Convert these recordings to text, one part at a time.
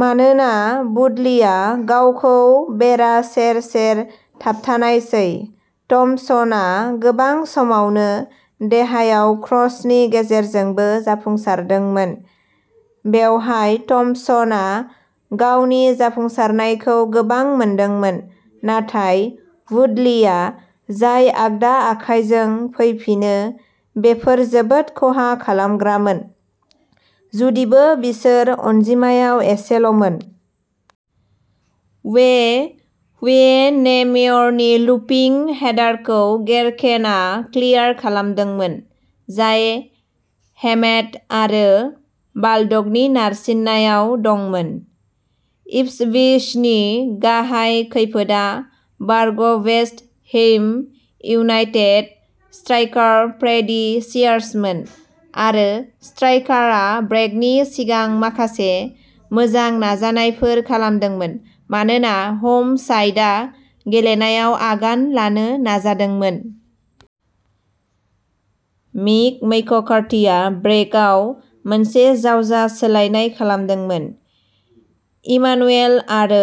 मानोना वुडलीया गावखौ बेरा सेर-सेर थाबथानायसै, थम्पसनआ गोबां समावनो देहायाव क्रसनि गेजेरजोंबो जाफुंसारदोंमोन। बेवहाय थम्पसनआ गावनि जाफुंसारनायखौ गोबां मोनदोंमोन, नाथाय वुडलीआ जाय आगदा आखाइजों फैफिनो, बेफोर जोबोद खहा खालामग्रामोन, जुदिबो बिसोर अनजिमायाव एसेल'मोन। उवे हुएनेमेयरनि लुपिं हेडारखौ गेरकेनआ क्लियार खालामदोंमोन, जाय हेमेड आरो बाल्डकनि नारसिननायाव दंमोन। इप्सविचनि गाहाय खैफोदआ बारग'वेस्ट हैम इउनाइटेड स्ट्राइकार फ्रेडी सियार्समोन, आरो स्ट्राइकारआ ब्रेकनि सिगां माखासे मोजां नाजानायफोर खालामदोंमोन मानोना ह'म साइडआ गेलेनायाव आगान लानो नाजादोंमोन। मिक मैककार्थिआ ब्रेकआव मोनसे जावजा सोलायनाय खालामदोंमोन, इमानुएल आरो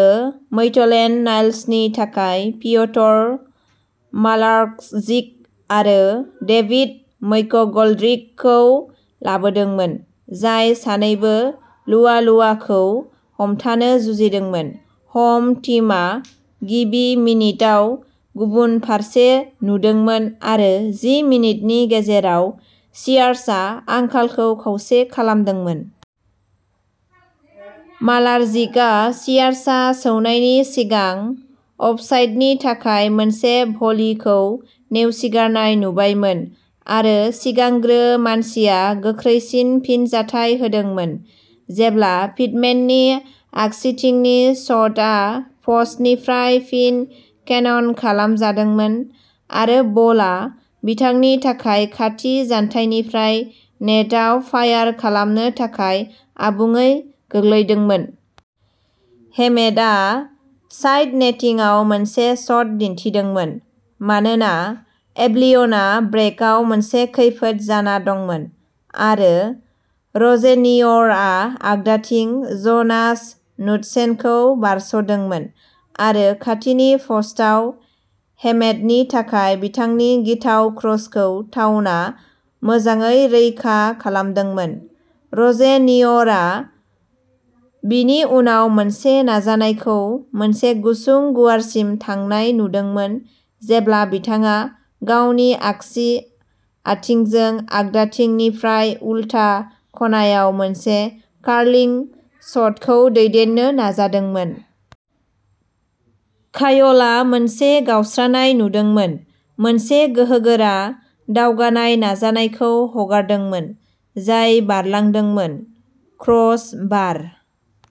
मैटलेन्ड-नाइल्सनि थाखाय पिय'टर मालार्कजिक आरो डेविड मैकग'ल्ड्रिकखौ लाबोदोंमोन, जाय सानैबो लुआलुआखौ हमथानो जुजिदोंमोन। ह'म टीमआ गिबि मिनिटआव गुबुन फारसे नुदोंमोन-आरो जि मिनिटनि गेजेराव सियार्सआ आंखालखौ खावसे खालामदोंमोन। मालारजिकआ सियार्सआ सौनायनि सिगां अफसाइडनि थाखाय मोनसे भलिखौ नेवसिगारनाय नुबायमोन, आरो सिगांग्रो मानसिया गोख्रैसिन फिनजाथाय होदोंमोन जेब्ला पिटमेननि आगसिथिंनि शटआ प'स्टनिफ्राय फिन केनन खालामजादोंमोन, आरो बलआ बिथांनि थाखाय खाथि जानथायनिफ्राय नेटआव फायार खालामनो थाखाय आबुङै गोग्लैदोंमोन। हेमेडआ साइड नेटिंआव मोनसे शट दिन्थिदोंमोन, मानोना एल्बियनआ ब्रेकआव मोनसे खैफोद जाना दंमोन; आरो र'जेनिय'रआ आगदाथिं ज'नास नुडसेनखौ बारस'दोंमोन आरो खाथिनि प'स्टआव हेमेडनि थाखाय बिथांनि गिथाव क्रसखौ टाउनआ मोजाङै रैखा खालामदोंमोन। र'जेनिय'रआ बिनि उनाव मोनसे नाजानायखौ मोनसे गुसुं गुवारसिम थांनाय नुदोंमोन जेब्ला बिथाङा गावनि आगसि आथिंजों आगदाथिंनिफ्राय उलथा खनायाव मोनसे कार्लिं शटखौ दैदेननो नाजादोंमोन। कायलआ मोनसे गावस्रानाय नुदोंमोन, मोनसे गोहोगोरा, दावगानाय नाजानायखौ हगारदोंमोन जाय बारलांदोंमोन। क्रस बार।